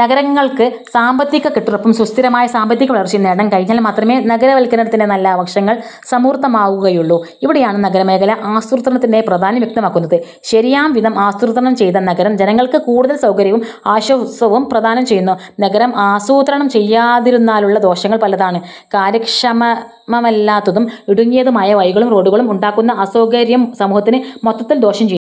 നഗരങ്ങൾക്ക് സാമ്പത്തിക കെട്ടുറപ്പും സുസ്ഥിരമായ സാമ്പത്തികവളർച്ചയും നേടാൻ കഴിഞ്ഞാൽ മാത്രമേ നഗരവത്കരണത്തിന്റെ നല്ല വശങ്ങൾ സമൂർത്തമാവുകയുള്ളൂ. ഇവിടെയാണ് നഗരമേഖലാ ആസൂത്രണത്തിന്റെ പ്രാധാന്യം വ്യക്തമാകുന്നത്. ശരിയാംവിധം ആസൂത്രണം ചെയ്ത നഗരം ജനങ്ങൾക്ക് കൂടുതൽ സൗകര്യവും ആശ്വാസവും പ്രദാനം ചെയ്യുന്നു. നഗരം ആസൂത്രണം ചെയ്യാതിരുന്നാലുള്ള ദോഷങ്ങൾ പലതാണ്. കാര്യക്ഷമമല്ലാത്തതും ഇടുങ്ങിയതുമായ വഴികളും റോഡുകളും ഉണ്ടാക്കുന്ന അസൗകര്യം സമൂഹത്തിന് മൊത്തത്തിൽ ദോഷം ചെയ്യും.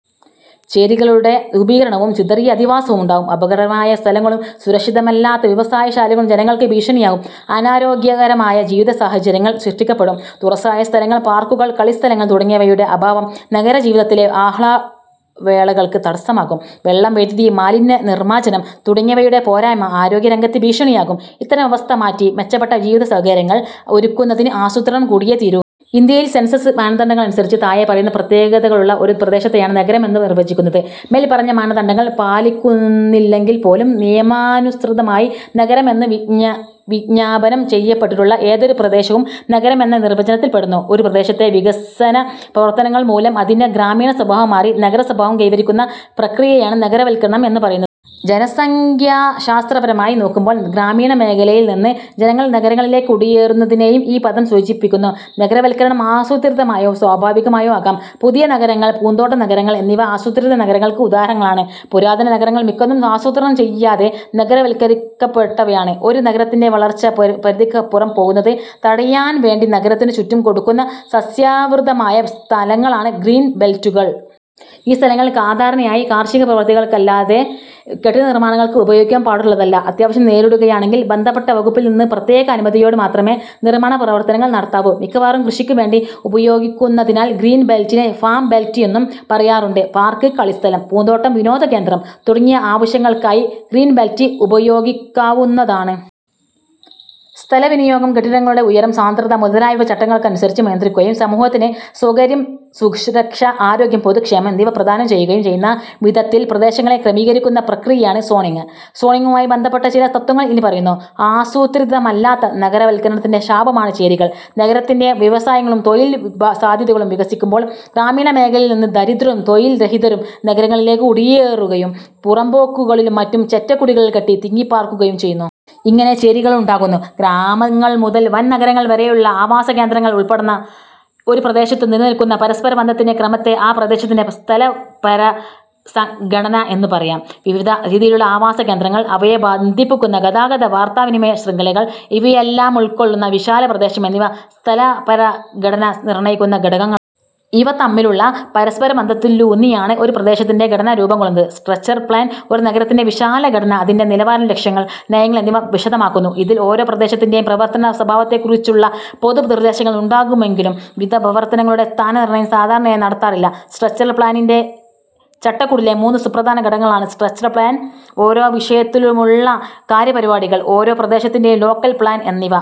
ചേരികളുടെ രൂപീകരണവും ചിതറിയ അധിവാസവും ഉണ്ടാകും. അപകടകരമായ സ്ഥലങ്ങളും സുരക്ഷിതമല്ലാത്ത വ്യവസായശാലകളും ജനങ്ങൾക്ക് ഭീഷണിയാകും. അനാരോഗ്യകരമായ ജീവിതസാഹചര്യങ്ങൾ സൃഷ്ടിക്കപ്പെടും. തുറസ്സായ സ്ഥലങ്ങൾ, പാർക്കുകൾ, കളിസ്ഥലങ്ങൾ തുടങ്ങിയവയുടെ അഭാവം നഗരജീവിതത്തിലെ ആഹ്ലാവേളകൾക്ക് തടസ്സമാകും. വെള്ളം, വൈദ്യുതി, മാലിന്യനിർമാർജ്ജനം തുടങ്ങിയവയുടെ പോരായ്മ ആരോഗ്യരംഗത്ത് ഭീഷണിയാകും. ഇത്തരം അവസ്ഥകൾ മാറ്റി മെച്ചപ്പെട്ട ജീവിതസൗകര്യങ്ങൾ ഒരുക്കുന്നതിന് ആസൂത്രണം കൂടിയേ തീരൂ. ഇന്ത്യയിൽ സെൻസസ് മാനദണ്ഡങ്ങളനുസരിച്ച് താഴെ പറയുന്ന പ്രത്യേകതകളുള്ള ഒരു പ്രദേശത്തെയാണ് നഗരം എന്നു നിർവചിക്കുന്നത്. മേല്പറഞ്ഞ മാനദണ്ഡങ്ങൾ പാലിക്കുന്നില്ലെങ്കിൽപ്പോലും നിയമാനുസൃതമായി നഗരം എന്നു വിജ്ഞാപനം ചെയ്യപ്പെട്ടിട്ടുള്ള ഏതൊരു പ്രദേശവും നഗരം എന്ന നിർവചനത്തിൽപ്പെടുന്നു. ഒരു പ്രദേശത്തെ വികസനപ്രവർത്തനങ്ങൾമൂലം അതിന്റെ ഗ്രാമീണസ്വഭാവം മാറി നഗരസ്വഭാവം കൈവരിക്കുന്ന പ്രക്രിയയെയാണ് നഗരവത്കരണം എന്നു പറയുന്നത്. ജനസംഖ്യാശാസ്ത്രപരമായി നോക്കുമ്പോൾ ഗ്രാമീണമേഖലയിൽ നിന്ന് ജനങ്ങൾ നഗരങ്ങളിലേക്ക് കുടിയേറുന്നതിനെയും ഈ പദം സൂചിപ്പിക്കുന്നു. നഗരവത്കരണം ആസൂത്രിതമോ സ്വാഭാവികമോ ആകാം. പുതിയ നഗരങ്ങൾ, പൂന്തോട്ട നഗരങ്ങൾ എന്നിവ ആസൂത്രിത നഗരങ്ങൾക്ക് ഉദാഹരണങ്ങളാണ്. പുരാതന നഗരങ്ങൾ മിക്കതും ആസൂത്രണം ചെയ്യാതെ നഗരവത്കരിക്കപ്പെട്ടവയാണ്. ഒരു നഗരത്തിന്റെ വളർച്ച പരിധിക്കപ്പുറം പോകുന്നത് തടയാൻവേണ്ടി നഗരത്തിനു ചുറ്റും കൊടുക്കുന്ന സസ്യാവൃതമായ സ്ഥലങ്ങളാണ് ഗ്രീൻ ബെൽറ്റുകൾ. ഈ സ്ഥലങ്ങൾ സാധാരണയായി കാർഷികപ്രവൃത്തികൾക്കല്ലാതെ കെട്ടിട നിർമ്മാണങ്ങൾക്ക് ഉപയോഗിക്കാൻ പാടുള്ളതല്ല. അത്യാവശ്യം നേരിടുകയാണെങ്കിൽ ബന്ധപ്പെട്ട വകുപ്പിൽനിന്ന് പ്രത്യേക അനുമതിയോടെ മാത്രമേ നിർമ്മാണപ്രവർത്തനങ്ങൾ നടത്താവൂ. മിക്കവാറും കൃഷിക്കുവേണ്ടി ഉപയോഗിക്കുന്നതിനാൽ ഗ്രീൻ ബെൽറ്റിനെ ഫാം ബെൽറ്റ് എന്നും പറയാറുണ്ട്. പാർക്ക്, കളിസ്ഥലം, പൂന്തോട്ടം, വിനോദകേന്ദ്രം തുടങ്ങിയ ആവശ്യങ്ങൾക്കായി ഗ്രീൻ ബെൽറ്റ് ഉപയോഗിക്കാവുന്നതാണ്. സ്ഥലവിനിയോഗം, കെട്ടിടങ്ങളുടെ ഉയരം, സാന്ദ്രത മുതലായവ ചട്ടങ്ങൾക്കനുസരിച്ച് നിയന്ത്രിക്കുകയും സമൂഹത്തിന് സൌകര്യം, സുരക്ഷ, ആരോഗ്യം, പൊതുക്ഷേമം എന്നിവ പ്രദാനം ചെയ്യുകയും ചെയ്യുന്ന വിധത്തിൽ പ്രദേശങ്ങളെ ക്രമീകരിക്കുന്ന പ്രക്രിയയാണ് സോണിങ്. സോണിങ്ങുമായി ബന്ധപ്പെട്ട ചില തത്ത്വങ്ങൾ ഇനി പറയുന്നു. ആസൂത്രിതമല്ലാത്ത നഗരവത്കരണത്തിന്റെ ശാപമാണ് ചേരികൾ. നഗരത്തിൽ വ്യവസായങ്ങളും തൊഴിൽസാധ്യതകളും വികസിക്കുമ്പോൾ ഗ്രാമീണമേഖലയിൽനിന്ന് ദരിദ്രരും തൊഴിൽരഹിതരും നഗരങ്ങളിലേക്കു കുടിയേറുകയും പുറമ്പോക്കുകളിലും മറ്റും ചെറ്റക്കുടിലുകൾ കെട്ടി തിങ്ങിപ്പാർക്കുകയും ചെയ്യുന്നു. ഇങ്ങനെ ചേരികളുണ്ടാകുന്നു. ഗ്രാമങ്ങൾ മുതൽ വൻനഗരങ്ങൾ വരെയുള്ള ആവാസകേന്ദ്രങ്ങൾ ഉൾപ്പെടുന്ന ഒരു പ്രദേശത്തു നിലനില്ക്കുന്ന പരസ്പരബന്ധത്തിന്റെ ക്രമത്തെ ആ പ്രദേശത്തിന്റെ സ്ഥലപരഘടന എന്നു പറയാം. വിവിധ രീതിയിലുള്ള ആവാസകേന്ദ്രങ്ങൾ, അവയെ ബന്ധിപ്പിക്കുന്ന ഗതാഗത വാർത്താവിനിമയ ശൃംഖലകൾ, ഇവയെല്ലാമുൾക്കൊള്ളുന്ന വിശാല പ്രദേശം എന്നിവ സ്ഥലപരഘടന നിർണയിക്കുന്ന ഘടകങ്ങളാണ്. ഇവ തമ്മിലുള്ള പരസ്പരബന്ധത്തിലൂന്നിയാണ് ഒരു പ്രദേശത്തിന്റെ ഘടന രൂപംകൊള്ളുന്നത്. സ്ട്രക്ചർ പ്ലാൻ ഒരു നഗരത്തിന്റെ വിശാലഘടന, അതിന്റെ നിലവാരം, ലക്ഷ്യങ്ങൾ, നയങ്ങൾ എന്നിവ വിശദമാക്കുന്നു. ഇതിൽ ഓരോ പ്രദേശത്തിന്റെയും പ്രവർത്തന സ്വഭാവത്തെക്കുറിച്ചുള്ള പൊതു നിർദ്ദേശങ്ങൾ ഉണ്ടാകുമെങ്കിലും വിവിധ പ്രവർത്തനങ്ങളുടെ സ്ഥാന നിർണയം സാധാരണയായി നടത്താറില്ല. സ്ട്രക്ചർ പ്ളാനിന്റെ ചട്ടകൂടിലെ മൂന്ന് സുപ്രധാന ഘടകങ്ങളാണ്: സ്ട്രക്ചർ പ്ളാൻ, ഓരോ വിഷയത്തിലുമുള്ള കാര്യപരിപാടികൾ, ഓരോ പ്രദേശത്തിന്റെയും ലോക്കൽ പ്ളാൻ എന്നിവ.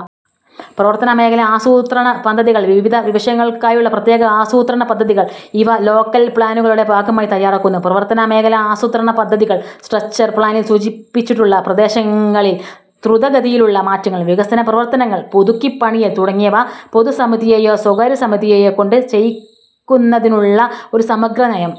പ്രവർത്തനമേഖലാ ആസൂത്രണ പദ്ധതികൾ, വിവിധ വിഷയങ്ങൾക്കായുള്ള പ്രത്യേക ആസൂത്രണപദ്ധതികൾ ഇവ ലോക്കൽപ്ളാനുകളുടെ ഭാഗമായി തയ്യാറാക്കുന്നു. പ്രവർത്തനമേഖലാ ആസൂത്രണപദ്ധതികൾ, സ്ട്രക്ചർ പ്ലാനിൽ സൂചിപ്പിച്ചിട്ടുള്ള പ്രദേശങ്ങളിൽ ദ്രുതഗതിയിലുള്ള മാറ്റങ്ങൾ, വികസന പ്രവർത്തനങ്ങൾ, പുതുക്കിപ്പണിയൽ തുടങ്ങിയവ പൊതുസമിതിയെയോ സ്വകാര്യ സമിതിയെയോകൊണ്ട് ചെയ്യിക്കുന്നതിനുള്ള ഒരു സമഗ്ര നയം